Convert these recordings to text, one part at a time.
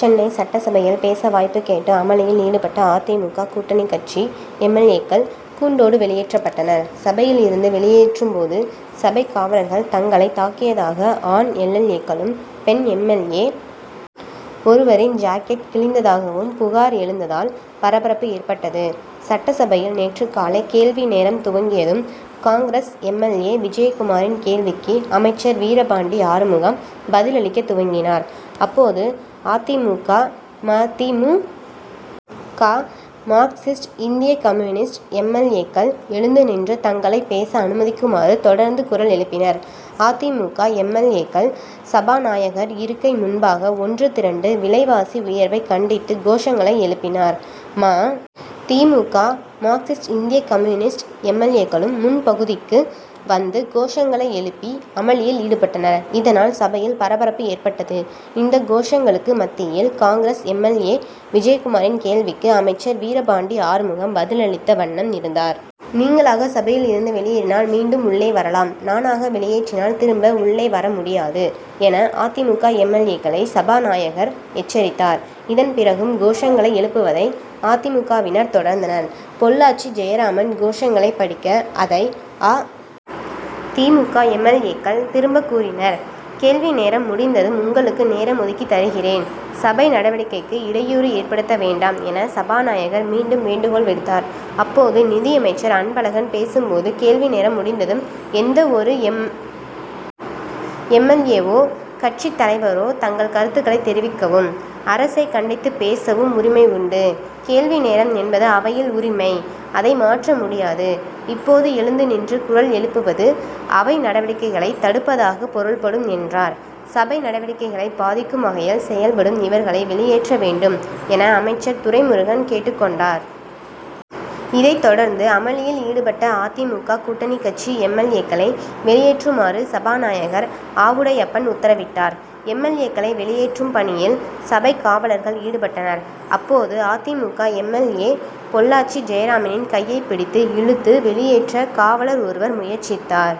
சென்னை சட்டசபையில் பேச வாய்ப்பு கேட்டு அமளியில் ஈடுபட்ட அ. தி. மு. க. கூட்டணிக் கட்சி எம். எல். ஏ.க்கள் கூண்டோடு வெளியேற்றப்பட்டனர். சபையில் இருந்து வெளியேற்றும்போது சபைக் காவலர்கள் தங்களை தாக்கியதாக ஆண் எல். எல். ஏ.க்களும் பெண் எம். எல். ஏ. ஒருவரின் ஜாக்கெட் கிழிந்ததாகவும் புகார் எழுந்ததால் பரபரப்பு ஏற்பட்டது. சட்டசபையில் நேற்று காலை கேள்வி நேரம் துவங்கியதும் காங்கிரஸ் எம். எல். ஏ. விஜயகுமாரின் கேள்விக்கு அமைச்சர் வீரபாண்டி ஆறுமுகம் பதில் அளிக்கத் துவங்கினார். அப்போது அ. தி. மு. க. ம. தி. மு. க. மார்க்சிஸ்ட் இந்திய கம்யூனிஸ்ட் எம். எல். ஏ.க்கள் எழுந்து நின்று தங்களை பேச அனுமதிக்குமாறு தொடர்ந்து குரல் எழுப்பினர். அ. தி. மு. க. எம். எல். ஏ.க்கள் சபாநாயகர் இருக்கை முன்பாக ஒன்று திரண்டு விலைவாசி உயர்வைக் கண்டித்து கோஷங்களை எழுப்பினர். ம. தி. மு. க. மார்க்சிஸ்ட் இந்திய கம்யூனிஸ்ட் எம். எல். ஏ.க்களும் முன்பகுதிக்கு வந்து கோஷங்களை எழுப்பி அமளியில் ஈடுபட்டனர். இதனால் சபையில் பரபரப்பு ஏற்பட்டது. இந்த கோஷங்களுக்கு மத்தியில் காங்கிரஸ் எம். எல். ஏ. விஜயகுமாரின் கேள்விக்கு அமைச்சர் வீரபாண்டி ஆறுமுகம் பதில் அளித்த வண்ணம் இருந்தார். நீங்களாக சபையில் இருந்து வெளியேறினால் மீண்டும் உள்ளே வரலாம். நானாக வெளியேற்றினால் திரும்ப உள்ளே வர முடியாது என அ. தி. மு. க. எம். எல். ஏ.க்களை சபாநாயகர் எச்சரித்தார். இதன் பிறகும் கோஷங்களை எழுப்புவதை அ. தி. மு. க.வினர் தொடர்ந்தனர். பொள்ளாச்சி ஜெயராமன் கோஷங்களை படிக்க அதை அ. தி. மு. க. எம். எல். ஏ.க்கள் திரும்ப கூறினர். கேள்வி நேரம் முடிந்ததும் உங்களுக்கு நேரம் ஒதுக்கித் தருகிறேன். சபை நடவடிக்கைக்கு இடையூறு ஏற்படுத்த வேண்டாம் என சபாநாயகர் மீண்டும் வேண்டுகோள் விடுத்தார். அப்போது நிதியமைச்சர் அன்பழகன் பேசும்போது கேள்வி நேரம் முடிந்ததும் எந்தவொரு எம். எல். ஏ.வோ கட்சித் தலைவரோ தங்கள் கருத்துகளை தெரிவிக்கவும் அரசை கண்டித்துப் பேசவும் உரிமை உண்டு. கேள்வி நேரம் என்பது அவையில் உரிமை. அதை மாற்ற முடியாது. இப்போது எழுந்து நின்று குரல் எழுப்புவது அவை நடவடிக்கைகளை தடுப்பதாக பொருள்படும் என்றார். சபை நடவடிக்கைகளை பாதிக்கும் வகையில் செயல்படும் இவர்களை வெளியேற்ற வேண்டும் என அமைச்சர் துரைமுருகன் கேட்டுக் கொண்டார். இதைத் தொடர்ந்து அமளியில் ஈடுபட்ட அ. தி. மு. க. கூட்டணிக் கட்சி எம். எல். ஏ.க்களை வெளியேற்றுமாறு சபாநாயகர் ஆவுடையப்பன் உத்தரவிட்டார். எம். எல். ஏ.க்களை வெளியேற்றும் பணியில் சபைக்காவலர்கள் ஈடுபட்டனர். அப்போது அ. தி. மு. க. எம். எல். ஏ. பொள்ளாச்சி ஜெயராமனின் கையைப் பிடித்து இழுத்து வெளியேற்ற காவலர் ஒருவர் முயற்சித்தார்.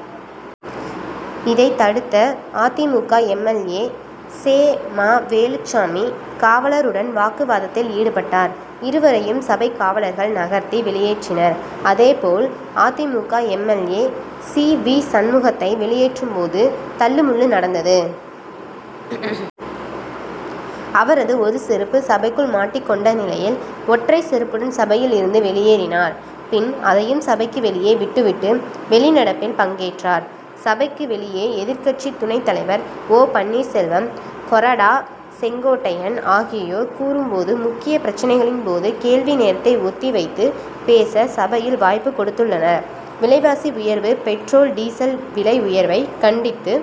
இதை தடுத்த அ. தி. மு. க. எம். எல். ஏ. செ. ம. வேலுச்சாமி காவலருடன் வாக்குவாதத்தில் ஈடுபட்டார். இருவரையும் சபைக்காவலர்கள் நகர்த்தி வெளியேற்றினர். அதே போல் அ. தி. மு. க. M. L. A. C. V. சண்முகத்தை வெளியேற்றும்போது தள்ளுமுள்ளு நடந்தது. அவரது ஒரு செருப்பு சபைக்குள் மாட்டிக் கொண்ட நிலையில் ஒற்றை செருப்புடன் சபையில் இருந்து வெளியேறினார். பின் அதையும் சபைக்கு வெளியே விட்டு விட்டு வெளிநடப்பில் பங்கேற்றார். சபைக்கு வெளியே எதிர்க்கட்சி துணைத் தலைவர் ஓ. பன்னீர்செல்வம் கொறடா செங்கோட்டையன் ஆகியோர் கூறும்போது முக்கியப் பிரச்னைகளின் போது கேள்வி நேரத்தை ஒத்தி வைத்து பேச சபையில் வாய்ப்பு கொடுத்துள்ளனர். விலைவாசி உயர்வு பெட்ரோல் டீசல் விலை உயர்வைக் கண்டித்து